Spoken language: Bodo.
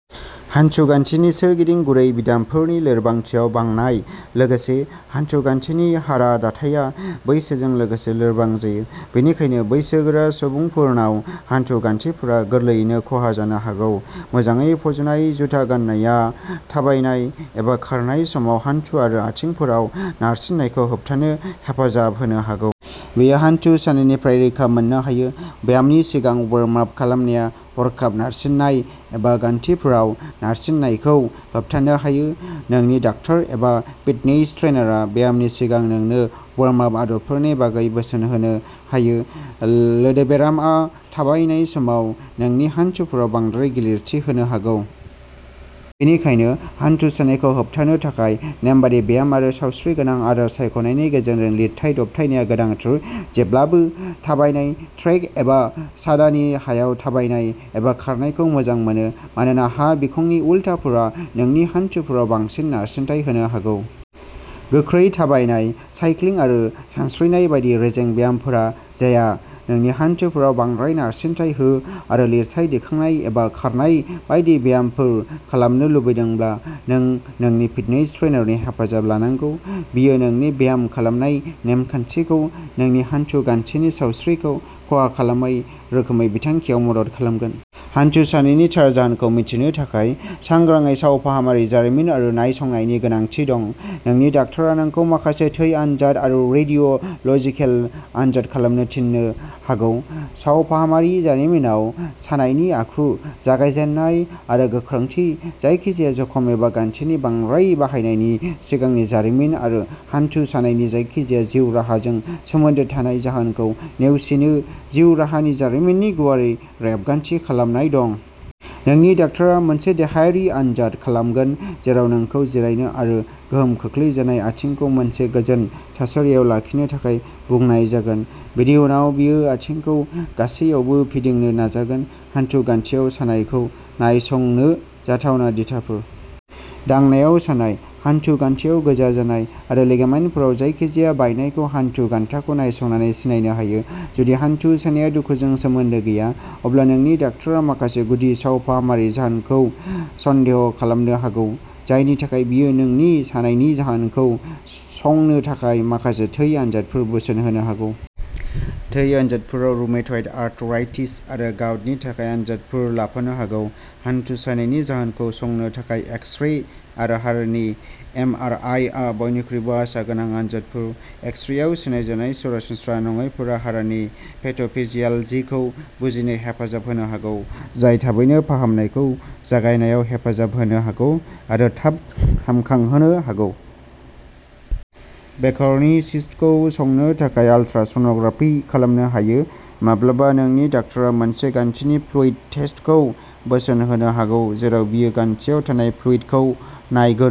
हान्थु गान्थिनि सोरगिदिं गुरै बिदामफोरनि लोरबांथियाव बांनाय। लोगोसे, हान्थु गान्थिनि हारा दाथाया बैसोजों लोगोसे लोरबां जायो। बेनिखायनो, बैसोगोरा सुबुंफोरनाव हान्थु गान्थिफोरा गोरलैयैनो खहा जानो हागौ। मोजाङै फज'नाय जुथा गान्नाया थाबायनाय एबा खारनाय समाव हान्थु आरो आथिंफोराव नारसिननायखौ होबथानो हेफाजाब होनो हागौ। बेयो हान्थु सानायनिफ्राय रैखा मोननो हायो। ब्यामनि सिगां वार्म-आप खालामनाया हरखाब नारसिननाय एबा गान्थिफोराव नारसिननायखौ होबथानो हायो। नोंनि डाक्टार एबा फिटनेस ट्रेइनारआ ब्यामनि सिगां नोंनो वार्म-आप आदबफोरनि बागै बोसोन होनो हायो। लोदोबेरामआ थाबायनाय समाव नोंनि हान्थुफोराव बांद्राय गिलिरथि होनो हागौ। बेनिखायनो, हान्थु सानायखौ होबथानो थाखाय नेमबादि ब्याम आरो सावस्रिगोनां आदार सायख'नायनि गेजेरजों लिरथाइ दबथायनाया गोनांथार। जेब्लाबो थाबायनाय ट्रेक एबा सादानि हायाव थाबायनाय एबा खारनायखौ मोजां मोनो मानोना हा बिखंनि उलथाफोरा नोंनि हान्थुफोराव बांसिन नारसिनथाय होनो हागौ। गोख्रै थाबायनाय, साइक्लिं आरो सानस्रिनाय बायदि रेजें ब्यामफोरा जाया। नोंनि हान्थुफोराव बांद्राय नारसिनथाय हो। नों लिरथाय दिखांनाय एबा खारनाय बायदि ब्यामफोर खालामनो लुबैदोंब्ला, नों नोंनि फिटनेस ट्रेइनारनि हेफाजाब लानांगौ। बियो नोंनि ब्याम खालामनाय नेम-खान्थिखौ नोंनि हान्थु गान्थिनि सावस्रिखौ खहा खालामै रोखोमै बिथांखियाव मदद खालामगोन। हान्थु सानायनि थार जाहोनखौ मिथिनो थाखाय, सांग्राङै सावफाहामारि जारिमिन आरो नायसंनायनि गोनांथि दं। नोंनि डाक्टारआ नोंखौ माखासे थै आनजाद आरो रेडिय' ल'जिकेल आनजाद खालामनो थिननो हागौ। सावफाहामारि जारिमिनाव सानायनि आखु, जागायजेन्नाय आरो गोख्रोंथि, जायखिजाया जखम एबा गान्थिनि बांद्राय बाहायनायनि सिगांनि जारिमिन आरो हान्थु सानायनि जायखिजाया जिउ राहाजों सोमोन्दो थानाय जाहोनखौ नेवसिनो जिउ राहानि जारिमिननि गुवारै रेबगान्थि खालामनाय दं। नोंनि डाक्टारआ मोनसे देहायारि आनजाद खालामगोन जेराव नोंखौ जिरायनो आरो गोहोम खोख्लैजानाय आथिंखौ मोनसे गोजोन थासारियाव लाखिनो थाखाय बुंनाय जागोन। बेनि उनाव बियो आथिंखौ गासैयावबो फिदिंनो नाजागोन। हानथु गान्थिआव सानायखौ नायसंनो जाथावना दिथाफोर। दांनायाव सानाय, हानथु गान्थिआव गोजा जानाय, आरो लिगामेन्टफोराव जायखिजाया बायनायखौ हानथु गान्थाखौ नायसंनानै सिनायनो हायो। जुदि हानथु सानाया दुखुजों सोमोन्दो गैया, अब्ला नोंनि डाक्टारआ माखासे गुदि सावफाहामारि जाहोनखौ सन्देह खालामनो हागौ, जायनि थाखाय बियो नोंनि सानायनि जाहोनखौ संनो थाखाय माखासे थै आनजादफोर बोसोन होनो हागौ। थै आनजादफोराव रुमेटइड आर्थराइटिस आरो गाउटनि थाखाय आनजादफोर लाफानो हागौ। हानथु सानायनि जाहोनखौ संनो थाखाय एक्स-रे आरो हारानि एम आर आइ आ बयनिख्रुइबो आसागोनां आनजादफोर। एक्स-रेआव सिनायजानाय सरासनस्रा नङैफोरा हारानि पेथ'फिजियालजिखौ बुजिनो हेफाजाब होनो हागौ, जाय थाबैनो फाहामनायखौ जागायनायाव हेफाजाब होनो हागौ आरो थाब हामखांहोनो हागौ। बेकारनि सिस्टखौ संनो थाखाय आल्ट्रासन'ग्राफि खालामनो हायो। माब्लाबा, नोंनि डाक्टारआ मोनसे गान्थिनि फ्लुइड टेस्टखौ बोसोन होनो हागौ जेराव बियो गान्थिआव थानाय फ्लुइड खौ नायगोन।